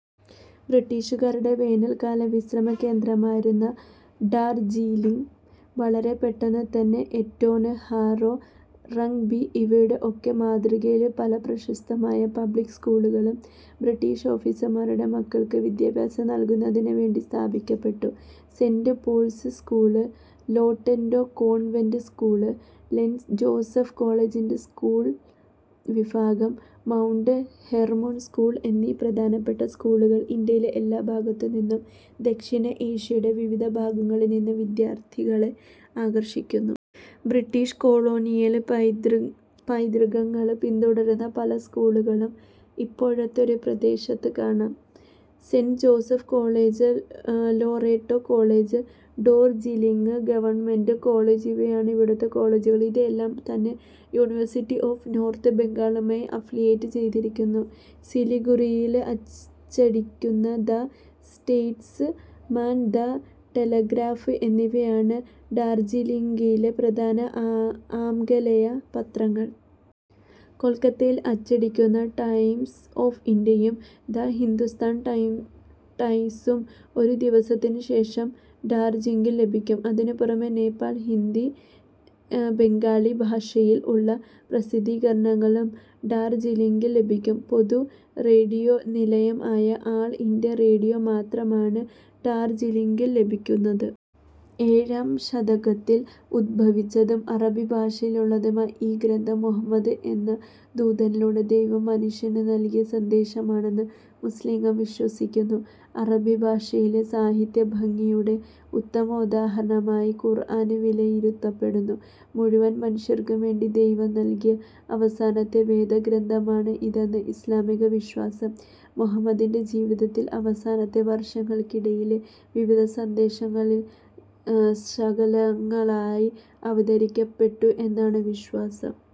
ബ്രിട്ടീഷുകാരുടെ വേനൽക്കാല വിശ്രമ കേന്ദ്രമായിരുന്ന ഡാർജീലിംഗ് വളരെ പെട്ടെന്ന് തന്നെ എറ്റോൺ, ഹാരോ, റഗ് ബി ഇവയുടെ ഒക്കെ മാതൃകയിൽ പല പ്രശസ്തമായ പബ്ലിക്ക് സ്കൂളുകളും ബ്രീട്ടിഷ് ഓഫീസർമാരുടെ മക്കൾക്ക് വിദ്യാഭ്യാസം നൽക്കുന്നതിനു വേണ്ടി സ്ഥാപിക്കപ്പെട്ടു. സെന്റ് പോൾസ് സ്കൂൾ, ലോറെന്റോ convent school, saint Joseph കോളേജിന്റെ സ്ക്കൂൾ വിഭാഗം, മൗണ്ട് ഹെർമോൺ സ്കൂൾ എന്നി പ്രധാനപ്പെട്ട സ്കൂളുകൾ ഇന്ത്യയിലെ എല്ലാ ഭാഗത്തു നിന്നും ദക്ഷിണ ഏഷ്യയുടെ വിവിധ ഭാഗങ്ങളിൽ നിന്നും വിദ്യാർത്ഥികളെ ആകർഷിക്കുന്നു. ബ്രിട്ടിഷ് കൊളോണിയൽ പൈതൃകങ്ങൾ പിന്തുടരുന്ന പല സ്ക്കൂളുകളേയും ഇപ്പോഴും ഈ പ്രദേശത്ത് കാണാം. Saint Joseph's college, Loreto college, Darjeeling government college ഇവയാണ് ഇവിടുത്തെ കോളേജുകൾ. ഇത് എല്ലാം തന്നെ യൂണിവേഴ്സിറ്റി ഓഫ് നോർത്ത് ബംഗാളുമായി അഫിലിയേറ്റ് ചെയ്തിരിക്കുന്നു. സിലിഗുരിയിൽ അച്ചടിക്കുന്ന the Statesman, the Telegraph എന്നിവയാണ് ഡാർജിലിംഗിലെ പ്രധാന ആംഗലേയ പത്രങ്ങൾ. കൊൽകൊത്തയിൽ അച്ചടിക്കുന്ന ടൈംസ് ഓഫ് ഇന്ത്യയും, ദ ഹിന്ദുസ്ഥാൻ ടൈംസും ഒരു ദിവസത്തിനുശേഷം ഡാർജിലിംഗിൽ ലഭിക്കും. ഇതിനു പുറമേ നേപ്പാളി, ഹിന്ദി, ബംഗാളി ഭാഷയിൽ ഉള്ള പ്രസിദ്ധീകരണങ്ങളും ഡാർജിലിംഗിൽ ലഭിയ്ക്കും. പൊതു റേഡിയോ നിലയം ആയ ആൾ ഇന്ത്യ റേഡിയോ മാത്രം ആണ് ഡാർജിലിംഗിൽ ലഭിയ്ക്കുന്നത്. ഏഴാം ശതകത്തിൽ ഉത്ഭവിച്ചതും അറബി ഭാഷയിലുള്ളതുമായ ഈ ഗ്രന്ഥം, മുഹമ്മദ് എന്ന ദൂതനിലൂടെ ദൈവം മനുഷ്യനു നൽകിയ സന്ദേശമാണെന്ന് മുസ്ലിംകൾ വിശ്വസിക്കുന്നു. അറബി ഭാഷയിലെ സാഹിത്യഭംഗിയുടെ ഉത്തമോദാഹരണമായി ഖുർആൻ വിലയിരുത്തപ്പെടുന്നു. മുഴുവൻ മനുഷ്യർക്കും വേണ്ടി ദൈവം നൽകിയ അവസാനത്തെ വേദഗ്രന്ഥമാണ് ഇതെന്നാണ് ഇസ്ലാമികവിശ്വാസം. മുഹമ്മദിന്റെ ജീവിതത്തിൽ, അവസാനത്തെ വർഷങ്ങൾക്കിടയിലെ വിവിധ സന്ദർഭങ്ങളിൽ ശകലങ്ങളായി അവതരിപ്പിക്കപ്പെട്ടു എന്നാണ് വിശ്വാസം.